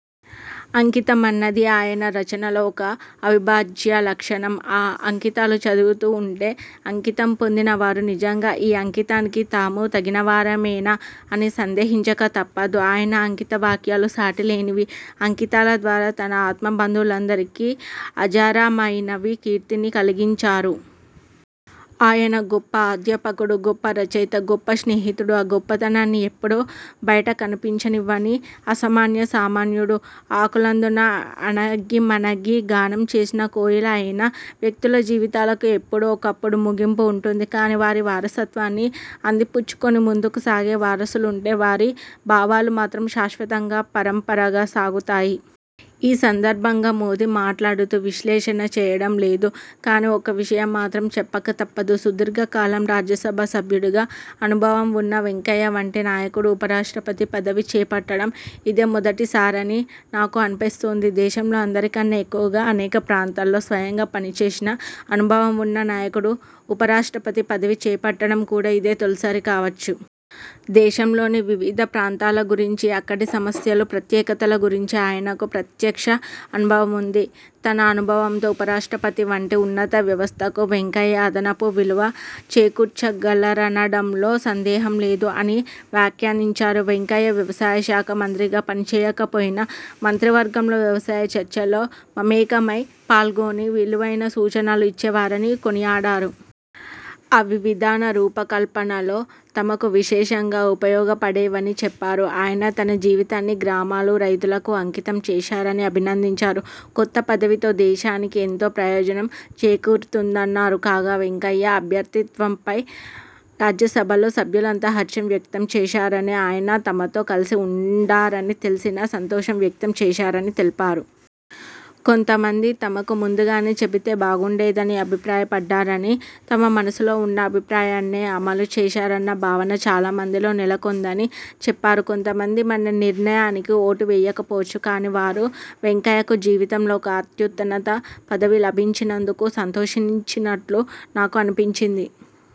అంకితమన్నది ఆయన రచనలో ఒక అవిభాజ్య లక్షణం. ఆ అంకితాలు చదువుతూ ఉంటే అంకితం పొందిన వారు నిజంగా ఈ అంకితానికి తాము తగినవారమేనా అని సందేహించక తప్పదు. ఆయన అంకిత వాక్యాలు సాటి లేనివి. అంకితాల ద్వారా తన ఆత్మబంధువులందరికీ అజరామరమైనవి కీర్తిని కలిగించారు. ఆయన గొప్ప అధ్యాపకుడు, గొప్ప రచయిత, గొప్ప స్నేహితుడు. ఆ గొప్పతనాన్ని ఎప్పుడూ బయటకు కనిపించనివ్వని అసామాన్య సామాన్యుడు. ఆకులందున అణగిమణగీ గానం చేసిన కోయిల ఆయన. వ్యక్తుల జీవితాలకు ఎప్పుడో ఒకప్పుడు ముగింపు ఉంటుంది, కాని వారి వారసత్వాన్ని అందిపుచ్చుకుని ముందుకు సాగే వారసులుంటే వారి భావాలు మాత్రం శాశ్వతంగా పరంపరగా సాగుతాయి. ఈ సందర్భంగా మోదీ మాట్లాడుతూ, ''విశ్లేషణ చేయడం లేదు. కానీ, ఒక్క విషయం మాత్రం చెప్పక తప్పదు. సుదీర్ఘ కాలం రాజ్యసభ సభ్యుడిగా అనుభవం ఉన్న వెంకయ్య వంటి నాయకుడు ఉప రాష్ట్రపతి పదవి చేపట్టడం ఇదే మొదటిసారని నాకు అనిపిస్తోంది. దేశంలో అందరికన్నా ఎక్కువగా అనేక ప్రాంతాల్లో స్వయంగా పనిచేసిన అనుభవం ఉన్న నాయకుడు ఉప రాష్ట్రపతి పదవి చేపట్టడం కూడా ఇదే తొలిసారి కావచ్చు. దేశంలోని వివిధ ప్రాంతాల గురించి, అక్కడి సమస్యలు, ప్రత్యేకతల గురించి ఆయనకు ప్రత్యక్ష అనుభవం ఉంది. తన అనుభవంతో ఉపరాష్ట్రపతి వంటి ఉన్నత వ్యవస్థకు వెంకయ్య అదనపు విలువ చేకూర్చగలరనడంలో సందేహం లేదు'' అని వ్యాఖ్యానించారు. వెంకయ్య వ్యవసాయ శాఖ మంత్రిగా పని చేయకపోయినా మంత్రివర్గంలో వ్యవసాయ చర్చల్లో మమేకమై పాల్గొని విలువైన సూచనలు ఇచ్చే వారని కొనియాడారు. అవి విధాన రూపకల్పనలో తమకు విశేషంగా ఉపయోగపడేవని చెప్పారు. ఆయన తన జీవితాన్ని గ్రామాలు, రైతులకు అంకితం చేశారని అభినందించారు. కొత్త పదవితో దేశానికి ఎంతో ప్రయోజనం చేకూరుతుందన్నారు. కాగా, వెంకయ్య అభ్యర్థిత్వంపై రాజ్యసభలో సభ్యులంతా హర్షం వ్యక్తం చేశారని, ఆయన తమతో కలిసి ఉండరని తెలిసినా సంతోషం వ్యక్తం చేశారని తెలిపారు. కొంతమంది తమకు ముందుగానే చెబితే బాగుండేదని అభిప్రాయపడ్డారని, తమ మనసులో ఉన్న అభిప్రాయాన్నే అమలు చేశారన్న భావన చాలా మందిలో నెలకొందని చెప్పారు. ''కొంతమంది మన నిర్ణయానికి ఓటు వేయకపోవచ్చు. కానీ, వారు వెంకయ్యకు జీవితంలో ఒక అత్యున్నత పదవి లభించినందుకు సంతోషించినట్లు నాకు అనిపించింది.